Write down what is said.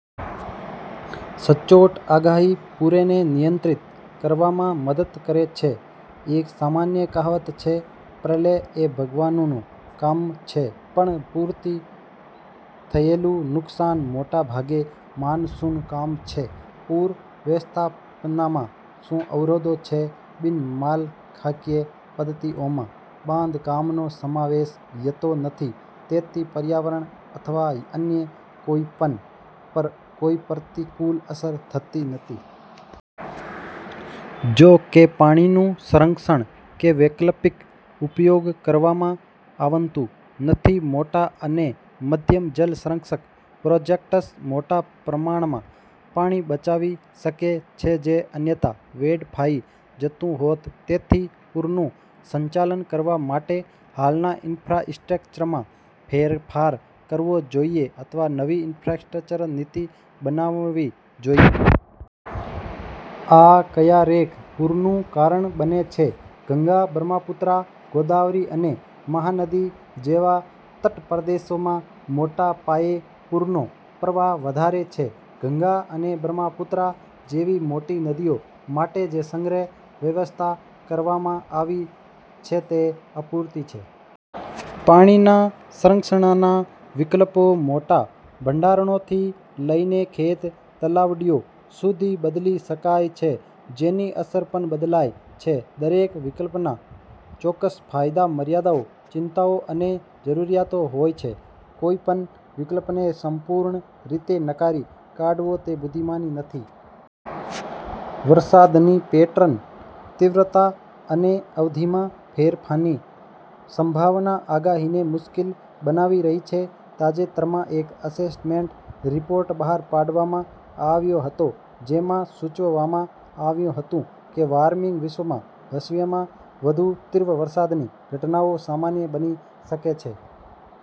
સચોટ આગાહી પૂરને નિયંત્રિત કરવામાં મદદ કરે છે. એક સામાન્ય કહેવત છે: "પ્રલય એ ભગવાનનું કામ છે, પણ પૂરથી થયેલું નુકસાન મોટાભાગે માણસનું કામ છે". પૂર વ્યવસ્થાપનમાં શું અવરોધો છે? બિન-માળખાકીય પદ્ધતિઓમાં બાંધકામનો સમાવેશ થતો નથી, તેથી પર્યાવરણ અથવા અન્ય કોઈપણ પર કોઈ પ્રતિકૂળ અસર થતી નથી. જો કે, પાણીનું સંરક્ષણ કે વૈકલ્પિક ઉપયોગ કરવામાં આવતું નથી. મોટા અને મધ્યમ જળ સંરક્ષક પ્રોજેક્ટ્સ મોટા પ્રમાણમાં પાણી બચાવી શકે છે, જે અન્યથા વેડફાઇ જતું હોત. તેથી, પૂરનું સંચાલન કરવા માટે, હાલના ઈન્ફ્રાસ્ટ્રક્ચરમાં ફેરફાર કરવો જોઈએ અથવા નવી ઈન્ફ્રાસ્ટ્રક્ચર નીતિ બનાવવી જોઈએ. આ ક્યારેક પૂરનું કારણ બને છે. ગંગા, બ્રહ્મપુત્રા, ગોદાવરી અને મહાનદી જેવા તટપ્રદેશોમાં મોટા પાયે પૂરનો પ્રવાહ વધારે છે. ગંગા અને બ્રહ્મપુત્રા જેવી મોટી નદીઓ માટે જે સંગ્રહ વ્યવસ્થા કરવામાં આવી છે તે અપૂરતી છે. પાણીના સંરક્ષણના વિકલ્પો મોટા ભંડારણોથી લઈને ખેત તલાવડીઓ સુધી બદલી શકાય છે. જેની અસર પણ બદલાય છે. દરેક વિકલ્પમાં ચોક્કસ ફાયદા, મર્યાદાઓ, ચિંતાઓ અને જરૂરિયાતો હોય છે. કોઈપણ વિકલ્પને સંપૂર્ણ રીતે નકારી કાઢવો તે બુદ્ધિમાની નથી. વરસાદની પેટર્ન, તીવ્રતા અને અવધિમાં ફેરફારની શક્યતા આગાહીને મુશ્કેલ બનાવી રહી છે. તાજેતરમાં એ એસેસમેન્ટ રિપોર્ટ બહાર પાડ્યો હતો, જેમાં સૂચવવામાં આવ્યું હતું કે, વોર્મિંગ વિશ્વમાં, ભવિષ્યમાં વધુ તીવ્ર વરસાદની ઘટનાઓ સામાન્ય બનાવી શકે છે.